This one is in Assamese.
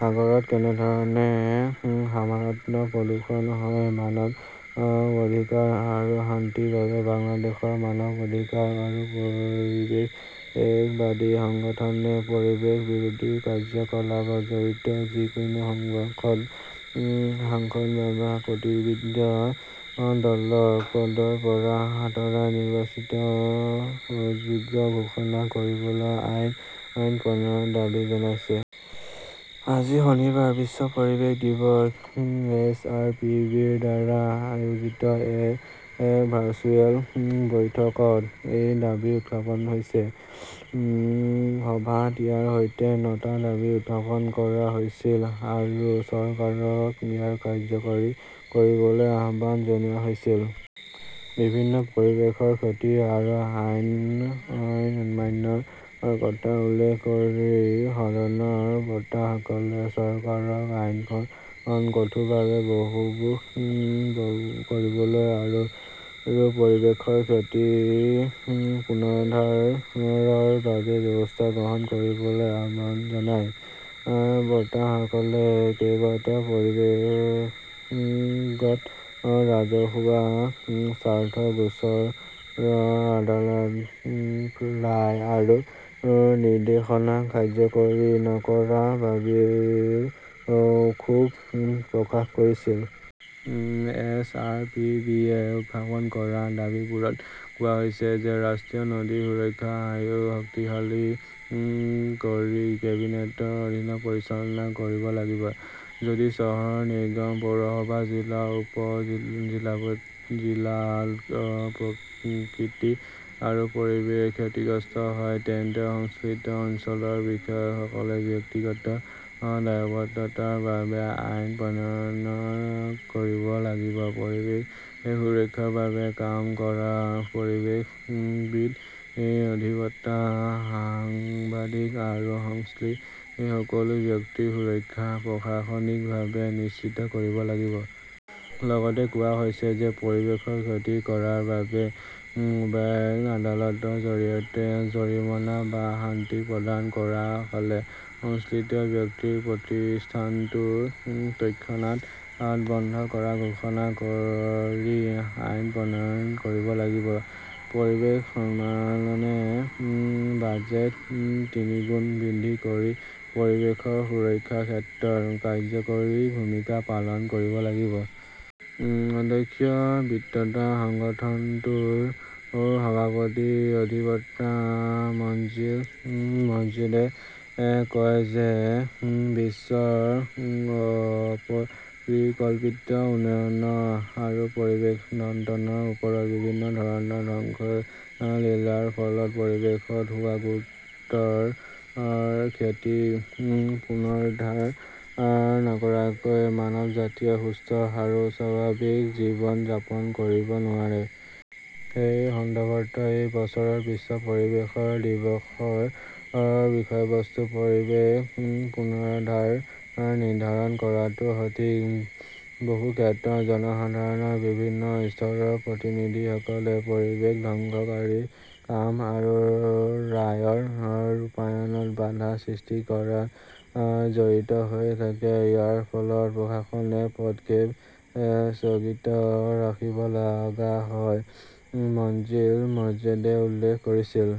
সাগৰত কেনেদৰে মাৰাত্মক প্ৰদূষণ হয় মানৱ অধিকাৰ আৰু শান্তিৰ বাবে বাংলাদেশৰ মানৱ অধিকাৰ আৰু পৰিৱেশবাদী সংগঠনে পৰিৱেশ বিৰোধী কাৰ্যকলাপত জড়িত যিকোনো সাংসদ বা প্ৰতিনিধি দলক পদৰ পৰা আঁতৰাই নিৰ্বাচনত অযোগ্য ঘোষণা কৰিবলৈ আইন প্ৰণয়নৰ দাবী জনাইছে। আজি শনিবাৰে বিশ্ব পৰিৱেশ দিৱসত এইচ. আৰ. পি. বি. -ৰ দ্বাৰা আয়োজিত এক ভাৰ্চুৱেল বৈঠকত এই দাবী উত্থাপন হৈছিল। সভাত ইয়াৰ সৈতে নটা দাবী উত্থাপন কৰা হৈছিল আৰু চৰকাৰক ইয়াক কাৰ্যকৰী কৰিবলৈ আহ্বান জনোৱা হৈছিল। বিভিন্ন পৰিৱেশৰ ক্ষতি আৰু আইন অমান্যৰ কথা উল্লেখ কৰি সদনৰ বক্তাসকলে চৰকাৰক আইনখন কঠোৰভাৱে বলৱৎ কৰিবলৈ আৰু পৰিৱেশৰ ক্ষতি পুনৰুদ্ধাৰৰ বাবে ব্যৱস্থা গ্ৰহণ কৰিবলৈ আহ্বান জনায়। বক্তাসকলে কেইবাটাও পৰিৱেশগত ৰাজহুৱা স্বাৰ্থৰ গোচৰত আদালতৰ ৰায় আৰু নিৰ্দেশনা কাৰ্যকৰী নকৰাৰ বাবেও ক্ষোভ প্ৰকাশ কৰিছিল। এইচ. আৰ. পি. বি. য়ে উত্থাপন কৰা দাবীবোৰত কোৱা হৈছে যে ৰাষ্ট্ৰীয় নদী সুৰক্ষা আয়োগক শক্তিশালী কৰি কেবিনেটৰ অধীনত পৰিচালনা কৰিব লাগিব। যদি চহৰ নিগম, পৌৰসভা, জিলা, উপ জিলাত প্ৰকৃতি আৰু পৰিৱেশ ক্ষতিগ্ৰস্ত হয় তেন্তে সংশ্লিষ্ট অঞ্চলৰ বিষয়াসকলে ব্যক্তিগত দায়বদ্ধতাৰ বাবে আইন প্ৰণয়ন কৰিব লাগিব; পৰিৱেশ সুৰক্ষাৰ বাবে কাম কৰা পৰিৱেশবিদ, অধিবক্তা, সাংবাদিক আৰু সংশ্লিষ্ট সকলো ব্যক্তিৰ সুৰক্ষা প্ৰশাসনিকভাৱে নিশ্চিত কৰিব লাগিব। লগতে কোৱা হৈছে যে পৰিৱেশৰ ক্ষতি কৰাৰ বাবে মোবাইল আদালতৰ জৰিয়তে জৰিমনা বা শাস্তি প্ৰদান কৰা হ'লে সংশ্লিষ্ট ব্যক্তিৰ প্ৰতিষ্ঠানটো তৎক্ষণাত বন্ধ কৰা ঘোষণা কৰি আইন প্ৰণয়ন কৰিব লাগিব। পৰিৱেশ মন্ত্ৰালয়ে বাজেট তিনিগুণ বৃদ্ধি কৰি পৰিৱেশ সুৰক্ষাৰ ক্ষেত্ৰত কাৰ্যকৰী ভূমিকা পালন কৰিব লাগিব। অধ্যক্ষীয় বক্তৃতাত সংগঠনটোৰ সভাপতি অধিবক্তা মনজিল মৰ্ছেদে কয় যে বিশ্বৰ অপৰিকল্পিত উন্নয়ন আৰু পৰিৱেশ তন্ত্ৰৰ ওপৰত বিভিন্ন ধৰণৰ ধ্বংসলীলাৰ ফলত পৰিৱেশত হোৱা গুৰুতৰ ক্ষতি পুনৰুদ্ধাৰ নকৰাকৈ মানৱজাতিয়ে সুস্থ আৰু স্বাভাৱিক জীৱন যাপন কৰিব নোৱাৰে। সেই সন্দৰ্ভত এই বছৰৰ বিশ্ব পৰিৱেশ দিৱসৰ বিষয়বস্তু "পৰিৱেশ পুনৰুদ্ধাৰ "নিৰ্ধাৰণ কৰাটো সঠিক। বহু ক্ষেত্ৰত জনসাধাৰণৰ বিভিন্ন স্তৰৰ প্ৰতিনিধিসকলে পৰিৱেশ ধ্বংসকাৰী কাম আৰু ৰায়ৰ ৰূপায়ণত বাধা সৃষ্টি কৰাত জড়িত হৈ থাকে। ইয়াৰ ফলত প্ৰশাসনে পদক্ষেপ স্থগিত ৰাখিব লগা হয়, মনজিল মৰ্ছেদে উল্লেখ কৰিছিল।